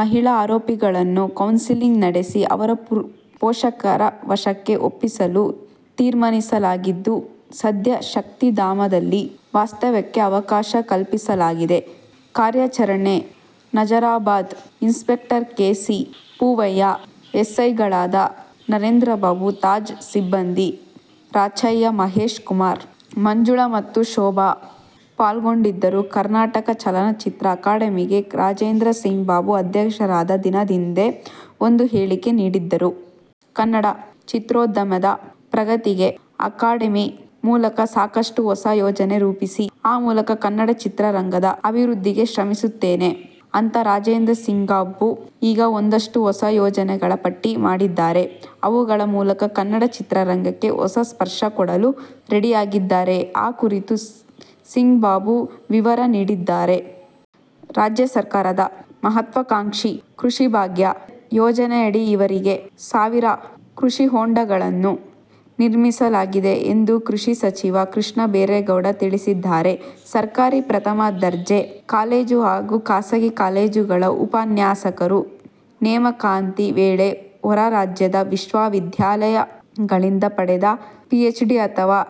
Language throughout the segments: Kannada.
ಮಹಿಳಾ ಆರೋಪಿಗಳನ್ನು ಕೌನ್ಸಿಲಿಂಗ್ ನಡೆಸಿ ಅವರ ಪೋಷಕರ ವಶಕ್ಕೆ ಒಪ್ಪಿಸಲು ತೀರ್ಮಾನಿಸಲಾಗಿದ್ದು, ಸದ್ಯ ಶಕ್ತಿಧಾಮದಲ್ಲಿ ವಾಸ್ತವ್ಯಕ್ಕೆ ಅವಕಾಶ ಕಲ್ಪಿಸಲಾಗಿದೆ. ಕಾರ್ಯಾಚರಣೆ Nazarabad inspector K. C. Poovaiah, ಎಸ್ಐಗಳಾದ ನರೇಂದ್ರಬಾಬು, ತಾಜ್, ಸಿಬ್ಬಂದಿ ರಾಚಯ್ಯ, ಮಹೇಶ್ ಕುಮಾರ್, ಮಂಜುಳಾ ಮತ್ತು ಶೋಭಾ ಪಾಲ್ಗೊಂಡಿದ್ದರು. ಕರ್ನಾಟಕ ಚಲನಚಿತ್ರ ಅಕಾಡೆಮಿಗೆ ರಾಜೇಂದ್ರ ಸಿಂಗ್ ಬಾಬು ಅಧ್ಯಕ್ಷರಾದ ದಿನದಂದೇ ಒಂದು ಹೇಳಿಕೆ ನೀಡಿದ್ದರು. "ಕನ್ನಡ ಚಿತ್ರೋದ್ಯಮದ ಪ್ರಗತಿಗೆ ಅಕಾಡೆಮಿ ಮೂಲಕ ಸಾಕಷ್ಟು ಹೊಸ ಯೋಜನೆ ರೂಪಿಸಿ, ಆ ಮೂಲಕ ಕನ್ನಡ ಚಿತ್ರರಂಗದ ಅಭಿವೃದ್ಧಿಗೆ ಶ್ರಮಿಸುತ್ತೇನೆ' ಅಂತ, ರಾಜೇಂದ್ರಸಿಂಗ್ಬಾಬು ಈಗ ಒಂದಷ್ಟು ಹೊಸ ಯೋಜನೆಗಳ ಪಟ್ಟಿ ಮಾಡಿದ್ದಾರೆ. ಅವುಗಳ ಮೂಲಕ ಕನ್ನಡ ಚಿತ್ರರಂಗಕ್ಕೆ ಹೊಸ ಸ್ಪರ್ಶ ಕೊಡಲು ರೆಡಿಯಾಗಿದ್ದಾರೆ. ಆ ಕುರಿತು ಸಿಂಗ್ಬಾಬು ವಿವರ ನೀಡಿದ್ದಾರೆ. ರಾಜ್ಯ ಸರ್ಕಾರದ ಮಹತ್ವಕಾಂಕ್ಷಿ ಕೃಷಿಭಾಗ್ಯ' ಯೋಜನೆಯಡಿ ಈವರೆಗೆ ಸಾವಿರ ಕೃಷಿ ಹೊಂಡಗಳನ್ನು ನಿರ್ಮಿಸಲಾಗಿದೆ ಎಂದು ಕೃಷಿ ಸಚಿವ ಕೃಷ್ಣಬೈರೇಗೌಡ ತಿಳಿಸಿದ್ದಾರೆ. ಸರ್ಕಾರಿ ಪ್ರಥಮ ದರ್ಜೆ ಕಾಲೇಜು ಹಾಗೂ ಖಾಸಗಿ ಕಾಲೇಜುಗಳ ಉಪನ್ಯಾಸಕರು ನೇಮಕಾತಿ ವೇಳೆ ಹೊರ ರಾಜ್ಯದ ವಿಶ್ವವಿದ್ಯಾಲಯಗಳಿಂದ ಪಡೆದ ಪಿಎಚ್ಡಿ ಅಥವಾ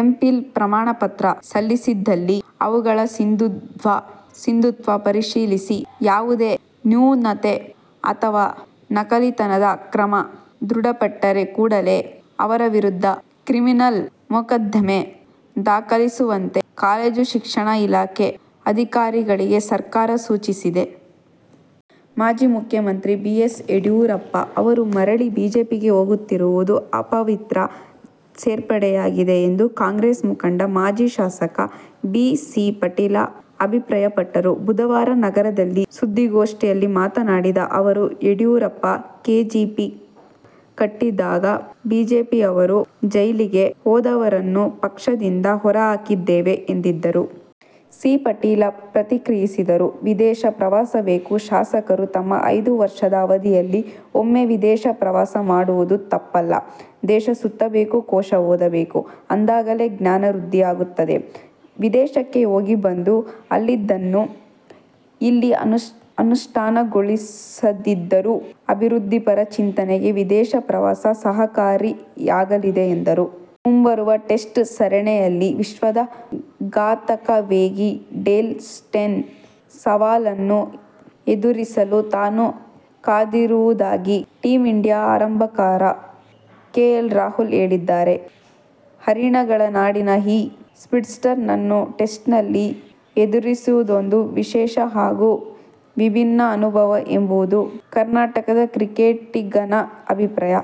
ಎಂ. ಫಿಲ್ ಪ್ರಮಾಣ ಪತ್ರ ಸಲ್ಲಿಸಿದ್ದಲ್ಲಿ ಅವುಗಳ ಸಿಂಧುತ್ವ ಪರಿಶೀಲಿಸಿ, ಯಾವುದೇ ನ್ಯೂನತೆ ಅಥವಾ ನಕಲಿತನದ ಅಕ್ರಮ ದೃಢಪಟ್ಟರೆ ಕೂಡಲೇ ಅವರ ವಿರುದ್ಧ ಕ್ರಿಮಿನಲ್ ಮೊಕದ್ದಮೆ ದಾಖಲಿಸುವಂತೆ ಕಾಲೇಜು ಶಿಕ್ಷಣ ಇಲಾಖೆ ಅಧಿಕಾರಿಗಳಿಗೆ ಸರ್ಕಾರ ಸೂಚಿಸಿದೆ. ಮಾಜಿ ಮುಖ್ಯಮಂತ್ರಿ ಬಿ. ಎಸ್. ಯಡಿಯೂರಪ್ಪ ಅವರು ಮರಳಿ ಬಿಜೆಪಿಗೆ ಹೋಗುತ್ತಿರುವುದು ಅಪವಿತ್ರ ಸೇರ್ಪಡೆಯಾಗಿದೆ ಎಂದು ಕಾಂಗ್ರೆಸ್ ಮುಖಂಡ, ಮಾಜಿ ಶಾಸಕ ಬಿ. ಸಿ. ಪಾಟೀಲ ಅಭಿಪ್ರಾಯಪಟ್ಟರು. ಬುಧವಾರ ನಗರದಲ್ಲಿ ಸುದ್ದಿಗೋಷ್ಠಿಯಲ್ಲಿ ಮಾತನಾಡಿದ ಅವರು, ಯಡಿಯೂರಪ್ಪ ಕೆಜೆಪಿ ಕಟ್ಟಿದಾಗ ಬಿಜೆಪಿಯವರು ''''''ಜೈಲಿಗೆ ಹೋದವರನ್ನು ಪಕ್ಷದಿಂದ ಹೊರಹಾಕಿದ್ದೇವೆ'' ಎಂದಿದ್ದರು. ಸಿ. ಪಾಟೀಲ ಪ್ರತಿಕ್ರಿಯಿಸಿದರು. ವಿದೇಶ ಪ್ರವಾಸ ಬೇಕು: ಶಾಸಕರು ತಮ್ಮ ಐದು ವರ್ಷದ ಅವಧಿಯಲ್ಲಿ ಒಮ್ಮೆ ವಿದೇಶ ಪ್ರವಾಸ ಮಾಡುವುದು ತಪ್ಪಲ್ಲ. ದೇಶ ಸುತ್ತಬೇಕು ಕೋಶ ಓದಬೇಕು ಅಂದಾಗಲೇ ಜ್ಞಾನ ವೃದ್ಧಿಯಾಗುತ್ತದೆ. ವಿದೇಶಕ್ಕೆ ಹೋಗಿ ಬಂದು ಅಲ್ಲಿನದನ್ನು ಇಲ್ಲಿ ಅನುಷ್ಠಾನಗೊಳಿಸದಿದ್ದರೂ ಅಭಿವೃದ್ಧಿಪರ ಚಿಂತನೆಗೆ ವಿದೇಶ ಪ್ರವಾಸ ಸಹಕಾರಿಯಾಗಲಿದೆ ಎಂದರು. ಮುಂಬರುವ ಟೆಸ್ಟ್ ಸರಣಿಯಲ್ಲಿ ವಿಶ್ವದ ಘಾತಕ ವೇಗಿ ಡೇಲ್ ಸ್ಟೇನ್ ಸವಾಲನ್ನು ಎದುರಿಸಲು ತಾನು ಕಾದಿರುವುದಾಗಿ ಟೀಮ್ ಇಂಡಿಯಾ ಆರಂಭಕಾರ ಕೆ. ಎಲ್. ರಾಹುಲ್ ಹೇಳಿದ್ದಾರೆ. ಹರಿಣಗಳ ನಾಡಿನ ಈ "ಸ್ಪೀಡ್ಸ್ಟರ್'ನನ್ನು ಟೆಸ್ಟ್ನಲ್ಲಿ ಎದುರಿಸುವುದೊಂದು ವಿಶೇಷ ಹಾಗೂ ವಿಭಿನ್ನ ಅನುಭವ ಎಂಬುದು ಕರ್ನಾಟಕದ ಕ್ರಿಕೆಟಿಗನ ಅಭಿಪ್ರಾಯ.